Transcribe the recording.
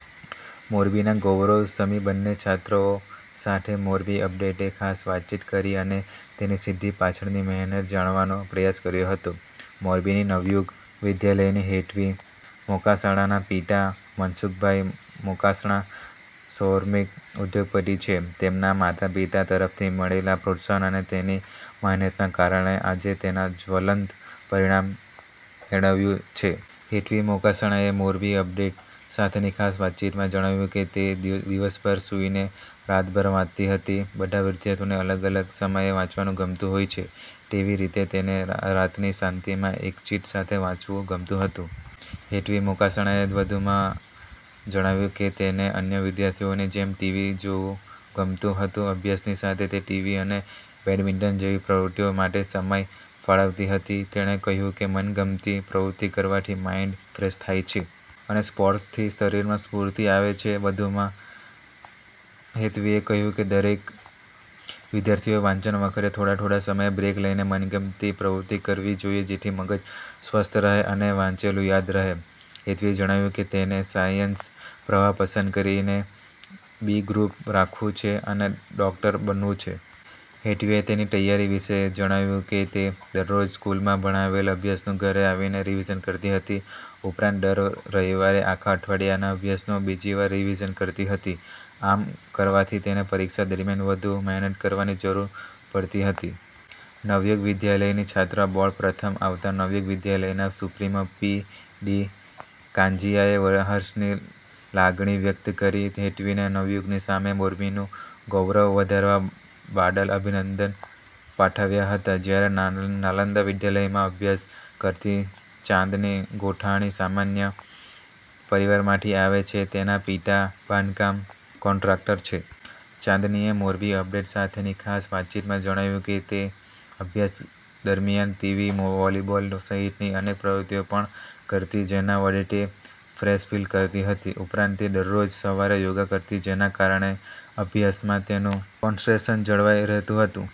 મોરબીના ગૌરવ સમીબન્ને છાત્રાઓ સાથે 'મોરબી અપડેટે' ખાસ વાતચીત કરી અને તેનીસિદ્ધિ પાછળની મહેનત જાણવાનો પ્રયાસ કર્યો હતો. મોરબીની નવયુગ વિદ્યાલયની હેત્વી મોકાસણાના પિતા મનસુખભાઈ મોકાસણા સોરમીક ઉદ્યોગપતિ છે. તેમના માતા- પિતા તરફથી મળેલા પ્રત્સાહન અને તેની મહેનતના કારણે આજે તેને જ્વલંત પરિણામ મેળવ્યું છે. હેત્વી મોકાસણાએ 'મોરબી અપડેટ' સાથેની ખાસ વાતચીતમાં જણાવ્યું કે તે દિવસભર સૂઇને રાતભર વાંચતી હતી. બધા વિદ્યાર્થીઓને અલગ અલગ સમયે વાંચવાંનું ગમતું હોય છે. તેવી રીતે તેને રાતની શાંતીમાં એકચીત સાથે વાંચવું ગમતું હતું. હેત્વી મોકાસણાએ વધુમાં જણાવ્યું કે તેને અન્ય વિદ્યાર્થીઓની જેમ ટીવી જોવું ગમતું હતું. અભ્યાસની સાથે તે ટીવી અને બેડમિન્ટન જેવી પ્રવૃતિઓ માટે સમય ફાળવતી હતી. તેને કહ્યું કે મનગમતી પ્રવૃત્તિ કરવાથી માઈન્ડ ફ્રેશ થાય છે. અને સ્પોર્ટથી શરીરમાં સ્ફૂર્તિ આવે છે. વધૂમાં હેત્વીએ કહ્યું કે દરેક વિદ્યાર્થીઓએ વાંચન વખતે થોડા થોડા સમયે બ્રેક લઈને મનગમતી પ્રવૃત્તિ કરવી જોઈએ જેથી મગજ સ્વસ્થ રહે અને વાંચેલું યાદ રહે. હેત્વીએ જણાવ્યું કે તેને સાયન્સ પ્રવાહ પસંદ કરીને બી ગ્રુપ રાખવું છે અને ડોકટર બનવુ છે. હેત્વીએ તેની તૈયારી વિશે જણાવ્યું કે તે દરરોજ સ્કૂલમાં ભણાવેલ અભ્યાસનું ઘરે આવીને રિવિઝન કરતી હતી. ઉપરાંત દર રવિવારે આખા અઠવાડિયાના અભ્યાસનું બીજી વાર રિવિઝન કરતી હતી. આમ કરવાથી તેને પરીક્ષા દરમિયાન વધુ મહેનત કરવાની જરૂર પડીહતી. નવયુગ વિદ્યાલયની છાત્રા બોર્ડ પ્રથમ આવતા નવયુગ વિદ્યાલયના સુપ્રીમો પી. ડી. કાંજીયાએ હર્ષની લાગણી વ્યકત કરી હેત્વીને નવયુગની સાથે મોરબીનું ગૌરવ વધારવા બાદલ અભિનંદન પાઠવ્યા હતા. જયારે નાલંદા વિદ્યાલયમાં અભ્યાસ કરતી ચાંદની ગોધાણી સામાન્ય પરિવારમાંથી આવે છે તેના પિતા બાંધકામ કોન્ટ્રાકટર છે. ચાંદનીએ 'મોરબી અપડેટ' સાથેની ખાસ વાતચીતમાં જણાવ્યું કે તે અભ્યાસ દરમિયાન ટીવી, વોલીબોલ સહિતની અનેક પ્રવૃતિઓ પણ કરતી જેના વડે તે ફ્રેશ ફિલ કરતી હતી. ઉપરાંત તે દરરોજ સવારે યોગા કરતી જેના કારણે અભ્યાસમાં તેનું કૉન્સ્ટ્રેશન જળવાઈ રહેતું હતું.